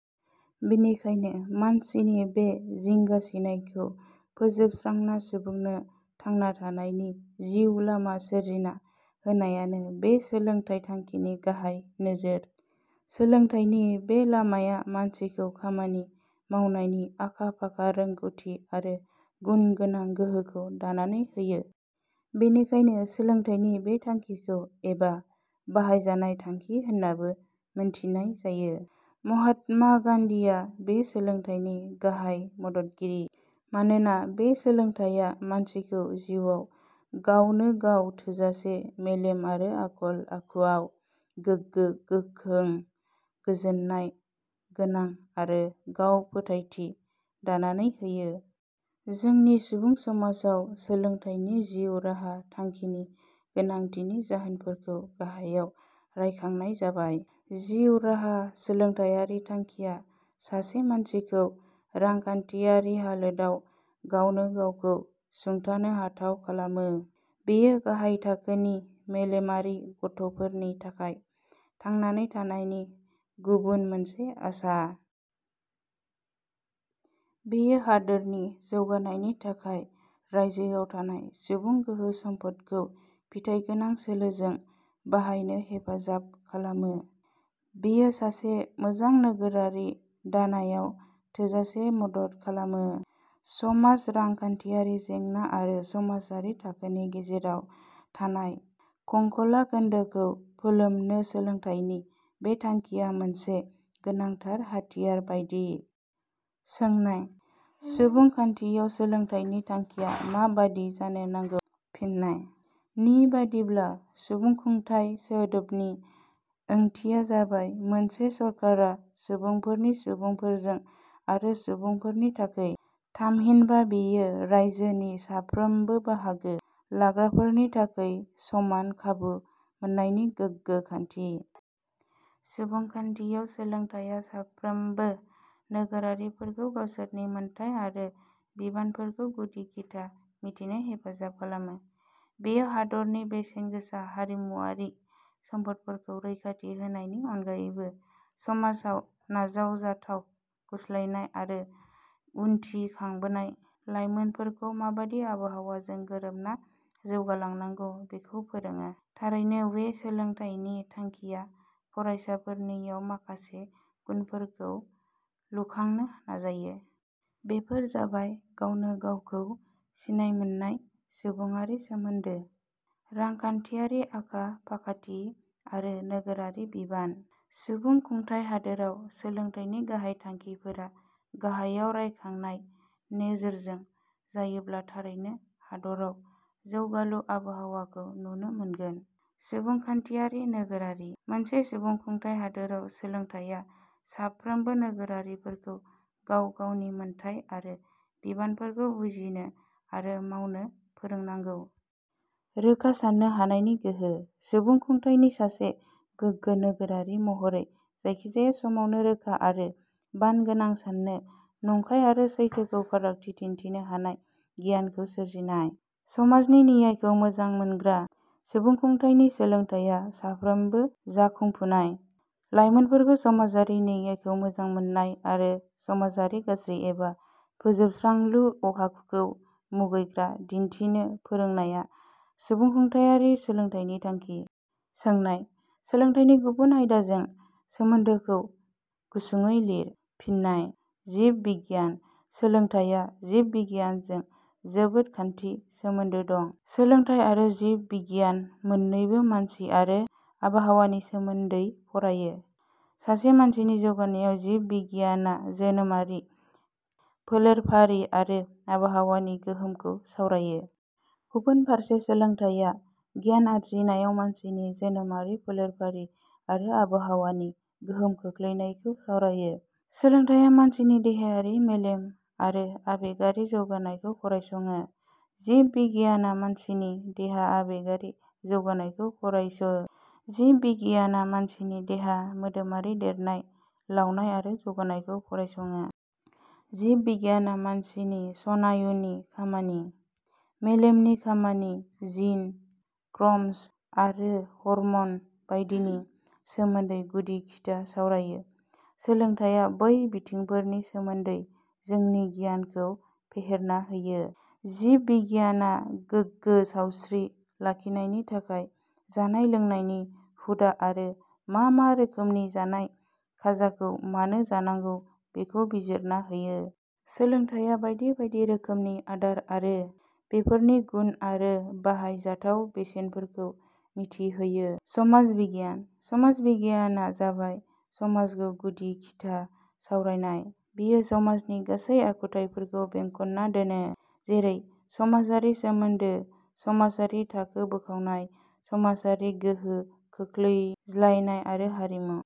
बिनिखायनो मानसिनि बे जिंगा सिनायखौ फोजोबस्रांना सुबुंनो थांना थानायनि जिउ लामा सोरजिना होनायानो बे सोलोंथाय थांखिनि गाहाय नोजोर। सोलोंथायनि बे लामाया मानसिखौ खामानि मावनायनि आखा फाखा, रोंगौथि आरो गुन गोनां गोहोखौ दानानै होयो। बेनिखायनो सोलोंथाइनि बे थांखिखौ "" एबा ' बाहायजानाय' थांखि होन्नाबो मोन्थिनाय जायो। महात्मा गान्धिया बे सोलोंथाइनि गाहाइ मददगिरि। मानोना बे सोलोंथाइया मानसिखौ जिउआव गावनो गाव थोजासे, मेलेम आरो आखल आखुआव गोगो-गोखों, गोजोन्नाय गोनां आरो गांव फोथाइथि दानानै होयो। जोंनि सुबुं समाजाव सोलोंथाइनि जिउ राहा थांखिनि गोनांथिनि जाहोनफोरखौ गाहायाव रायखांनाय जाबाय। जिउ राहा सोलोंथाइयारि थांखिया सासे मानसिखौ रांखान्थियारि हालोदाव गावनो गावखौ सुंथानो हाथाव खालामो। बेयो गाहाय थाखोनि मेलेमारि गथ 'फोरनि थाखाय थांनानै थानायनि गुबुन मोनसे आसा। बेयो हादोरनि जौगानायनि थाखाय रायजोआव थानाय सुबुं गोहो सम्पदखौ फिथाइगोनां सोलोजों बाहायनो हेफाजाब खालामो। बेयो सासे मोजां नोगोरारि दानायाव थोजासे मदद खालामो। समाज- रांखान्थियारि जेंना आरो समाजारि थाखोनि गेजेराव थानाय खंखला सोमोन्दोखौ फोलोमनो सोलोंथाइनि बे थांखिया मोनसे गोनांथार हाथियार बायदि। सोंनाय-. सुबुं खान्थियाव सोलोंथाइनि थांखिया मा बादि जानो नांगौ? फिन्नाय: नि बादिब्ला सुबुंखुंथाइ सोदोबनि ओंथिया जाबाय, 'मोनसे सरकारा सुबुंफोरनि, सुबुंफोरजों आरो सुबुंफोरनि थाखै। " थामहिनबा बेयो रायजोनि साफ्रोमबो बाहागो लाग्राफोरनि थाखै समान खाबु मोन्नायनि गोगो खान्थि। सुबुंखान्धियाव सोलोंथाइया साफ्रोमबो नोगोरारिफोरखौ गावसोरनि मोन्थाइ आरो बिबानफोरखौ गुदि-खिथा मिथिनो हेफाजाब खालामो। बेयो हादरनि बेसेनगोसा हारिमुवारि सम्पदफोरखौ रैखाथि होनायनि अनगायैबो समाजाव नाजावजाथाव गुस्लायनाय आरो उथिखांबोनाय लाइमोनफोरख माबादि आबहावाजों गोरोबना जौगालांनांगौ बेखौ फोरोङो। थारैनो वे सोलोंथाइनि थांखिया फरायसाफोरनियाव माखासे गुनफोरखौ लुखांनो नाजायो। बेफोर जाबाय- गावनो गावखौ सिनायमोन्नाय सुबुङारि सोमोन्दो रांखान्थियारि आखा-फाखाथि आरो नोगोरारि बिबान। सुबुं खुंथाय हादोराव सोलोंथाइनि गाहाइ थांखिफोरा गाहायाव रायखांनाय नोजोरजों जायोब्ला थारैनो हादराव जौगालु आबहावाखौ नुनो मोनगोन। सुबुंखान्थियारि नोगोरारि: मोनसे सुबुं खुंथाइ हादोराव सोलोंथाइया साफ्रोमबो नोगोरारिफोरखौ गाव-गावनि मोन्थाइ आरो बिबानफोरखौ बुजिनो आरो मावनो फोरोंनांगौ। रोखा सान्नो हानायनि गोहो: सुबुंखुंथाइनि सासे गोगो नोगोरारि महरै जायखिजाया समावनो रोखा आरो बान गोनां सान्नो, नंखाय आरो सैथोखौ फारागथि दिन्थिनो हानाय गियानखौ सोरजिनाय। समाजनि नियायखौ मोजां मोनग्रा: सुबुंखुंथाइनि सोलोंथाइया साफ्रोमबो जाखुंफुनाय लाइमोनफोरखौ समाजारि नियायखौ मोजांमोन्नाय आरो समाजारि गाज्रि एबा फोजोबस्रांलु आखुखौ मुगैग्रा दिन्थिनो फोरोंनाया सुबुंखान्थियारि सोलोंथाइनि थांखि। सोंनाय-. सोलोंथाइनि गुबुन आयदाजों सोमोन्दोखौ गुसुङै लिर। फिन्नाय: जिब बिगियान: सोलोंथाइया जिब बिगियानजों जोबोद खान्थि सोमोन्दो दं। सोलोंथाइ आरो जिब बिगियान मोन्नैबो मानसि आरो आबहावानि सोमोन्दै फरायो। सासे मानसिनि जौगानायाव जिब बिगियाना जोनोमारि फोलेरफारि आरो आबाहावानि गोहोमखौ सावरायो। गुबुन फारसे सोलोंथाइया गियान आरजिनायाव मानसिनि जोनोमारि फोलेरफारि आरो आबहावानि गोहोम खोख्लैनायखौ सावरायो। सोलोंथाइया मानसिनि देहायारि, मेलेम आरो आबेगारि जौगानायखौ फरायसङो। जिब बिगियाना मानसिनि देहा-आबेगारि जौगानायखौ फरायसो। जिब बिगियाना मानसिनि देहा-मोदोमारि देरनाय- लावनाय आरो जौगानायखौ फरायसङो। जिब बिगियाना मानसिनि स्नायुनि खामानि, मेलेमनि खामानि, जिन, क्रमज 'म आरो हरमन बायदिनि सोमोन्दै गुदि-खिथा सावरायो। सोलोंथाइया बै बिथिंफोरनि सोमोन्दै जोंनि गियानखौ फेहेरना होयो। जिब बिगियाना गोगो सावस्रि लाखिनायनि थाखाय जानाय-लोंनायनि हुदा आरो मा मा रोखोमनि जानाय खाजाखौ मानो जानांगौ बेखौ बिजिरना होयो। सोलोंथाइया बायदि बायदि रोखोमनि आदार आरो बेफोरनि गुन आरो बाहाय जाथाव बेसेनफोरखौ मिथि होयो। समाज बिगियान: समाज बिगियाना जाबाय समाजखौ गुदि-खिथा सावरायनाय। बेयो समाजनि गासै आखुथाइफोरखौ बेंखन्ना दोनो। जेरै- समाजारि सोमोन्दो, समाजारि थाखो बोखावनाय, समाजारि गोहोम खोख्लैज्लायनाय आरो हारिमु।